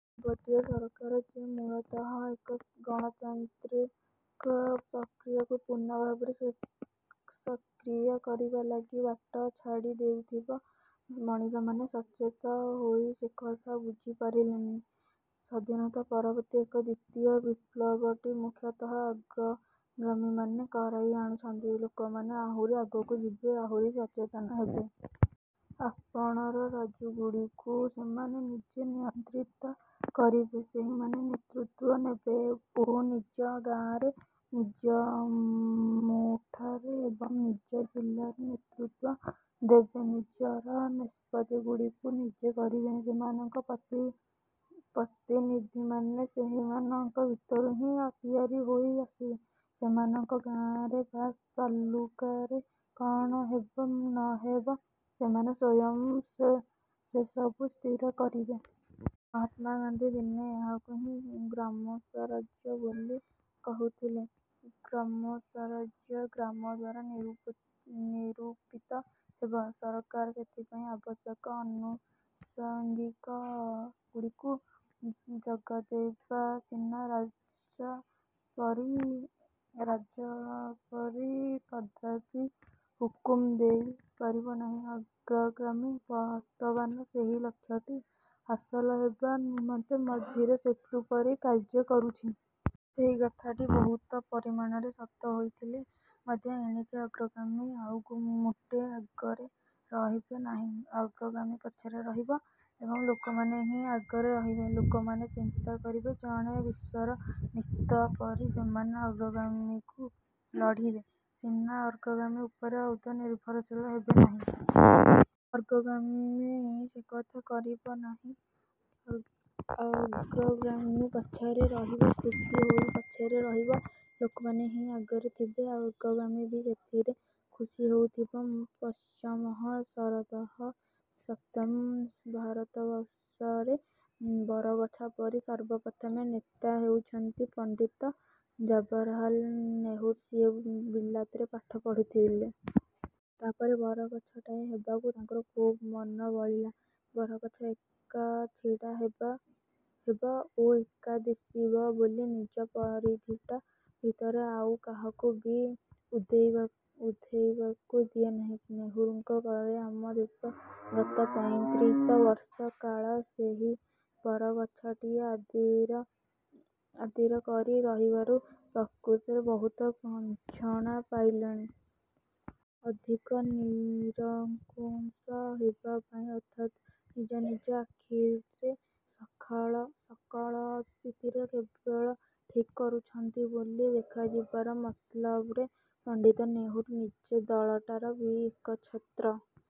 ଗୋଟିଏ ସରକାର ଯେ ମୂଳତଃ ଏକ ଗଣତାନ୍ତ୍ରିକ ପ୍ରକ୍ରିୟାକୁ ପୂର୍ଣ୍ଣ ଭାବରେ ସକ୍ରିୟ କରିବା ଲାଗି ବାଟ ଛାଡ଼ି ଦେଉଥିବ, ମଣିଷମାନେ ସଚେତ ହୋଇ ସେକଥା ବୁଝି ପାରିଲେଣି। ସ୍ୱାଧୀନତା ପରବର୍ତ୍ତୀ ଏହି ଦ୍ୱିତୀୟ ବିପ୍ଳବଟି ମୁଖତଃ ଅଗ୍ରଗାମୀମାନେ କରାଇ ଆଣୁଛନ୍ତି। ଲୋକମାନେ ଆହୁରି ଆଗକୁ ଯିବେ, ଆହୁରି ସଚେତନ ହେବେ। ଆପଣାର ରଜ୍ଜୁଗୁଡ଼ିକୁ ସେମାନେ ନିଜେ ନିୟନ୍ତ୍ରିତ କରିବେ। ସେହିମାନେ ନେତୃତ୍ୱ ନେବେ ଓ ନିଜ ଗାଆଁରେ, ନିଜ ମୁଠାରେ ଏବଂ ନିଜ ଜିଲ୍ଲାରେ ନେତୃତ୍ୱ ଦେବେ। ନିଜର ନିଷ୍ପତ୍ତିଗୁଡ଼ିକୁ ନିଜେ କରିବେ। ସେମାନଙ୍କର ପ୍ରତିନିଧିମାନେ ସେହିମାନଙ୍କ ଭିତରୁ ହିଁ ତିଆରି ହୋଇ ଆସିବେ। ସେମାନଙ୍କର ଗାଆଁରେ ବା ତାଲୁକାରେ କଣ ହେବ ନହେବ ସେମାନେ ସ୍ୱୟଂ ସେସବୁ ସ୍ଥିର କରିବେ। ମହାତ୍ମା ଗାନ୍ଧୀ ଦିନେ ଏହାକୁ ହିଁ ଗ୍ରାମସ୍ଵରାଜ୍ୟ ବୋଲି କହିଥିଲେ। ଗ୍ରାମସ୍ଵରାଜ୍ୟ ଗ୍ରାମ ଦ୍ୱାରା ନିରୂପିତ ହେବ। ସରକାର ସେଥିପାଇଁ ଆବଶ୍ୟକ ଆନୁଷଙ୍ଗିକଗୁଡ଼ିକୁ ଯୋଗାଇଦେବ ସିନା ରାଜ ପରି ରାଜ ପରି କଦାପି ହୁକୁମ ଦେଇ ପାରିବ ନାହିଁ। ଅଗ୍ରଗାମୀ ବର୍ତ୍ତମାନ ସେହି ଲକ୍ଷ୍ୟଟି ହାସଲ ହେବା ନିମନ୍ତେ ମଝିରେ ସେତୁ ପରି କାର୍ଯ୍ୟ କରୁଛି। ସେହି କଥାଟି ବହୁତ ପରିମାଣରେ ସତ ହୋଇଥିଲେ ମଧ୍ୟ ଏଣିକି ଅଗ୍ରଗାମୀ ଆଉ ମୋଟେ ଆଗରେ ରହିବେ ନାହିଁ। ଅଗ୍ରଗାମୀ ପଛରେ ରହିବ ଏବଂ ଲୋକମାନେ ହିଁ ଆଗରେ ରହିବେ। ଲୋକମନେ ଚିନ୍ତା କରିବେ। ଜଣେ ବିଶ୍ୱର ମିତ ପରି ସେମାନେ ଅଗ୍ରଗାମୀକୁ ଲଢ଼ିବେ ସିନା, ଅଗ୍ରଗାମୀ ଉପରେ ଆଦୌ ନିର୍ଭରଶୀଳ ହେବେନାହିଁ। ଅଗ୍ରଗାମୀ ସେକଥା କରିବ ନାହିଁ, ଅଗ୍ରଗାମୀ ପଛରେ ରହିବ ଖୁସି ହୋଇ ପଛରେ ରହିବ, ଲୋକମାନେ ହିଁ ଆଗରେ ଥିବେ ଅଗ୍ରଗାମୀ ବି ସେଥିରେ ଖୁସି ହେଉଥିବ। ପଶ୍ୟେମଃ ଶରଦଃ ଶତଂ ଭାରତବର୍ଷରେ ବରଗଛ ପରି ସର୍ବପ୍ରଥମ ନେତା ହେଉଛନ୍ତି ପଣ୍ଡିତ ଜବାହରଲାଲ ନେହରୁ। ସିଏ ବିଲାତରେ ପାଠ ପଢୁଥିଲେ । ତାପରେ ବରଗଛଟାଏ ହେବାକୁ ତାଙ୍କର ଖୁବ୍ ମନ ବଳିଲା। ବରଗଛ ଏକା ଛିଡ଼ା ହେବା ହେବ ଓ ଏକା ଦିଶିବ ବୋଲି ନିଜ ପରିଧିଟା ଭିତରେ ଆଉ କାହାକୁ ବି ଉଧେଇବା ଉଧେଇବାକୁ ଦିଏ ନାହିଁ। ନେହେରୁଙ୍କ ପରେ ଆମ ଦେଶ ଗତ ପଇଁତ୍ରିଶି ବର୍ଷ କାଳ ସେଇ ବରଗଛଟାଏ ଆଦରି ଆଦିର କରି ରହିବାରୁ ପ୍ରକୃତରେ ବହୁତ ଗଞ୍ଚଣା ପାଇଲାଣି। ଅଧିକ ନିରଙ୍କୁଶ ହେବା ପାଇଁ ଅର୍ଥାତ୍ ନିଜେ ନିଜ ଆଖିରେ ସଖଳ ସକଳ ସ୍ଥିତିରେ କେବଳ ଠିକ୍ କରୁଛନ୍ତି ବୋଲି ଦେଖାଯିବାର ମତଲବରେ ପଣ୍ଡିତ ନେହରୁ ନିଜ ଦଳଟାର ବି ଏକଚ୍ଛତ୍ର।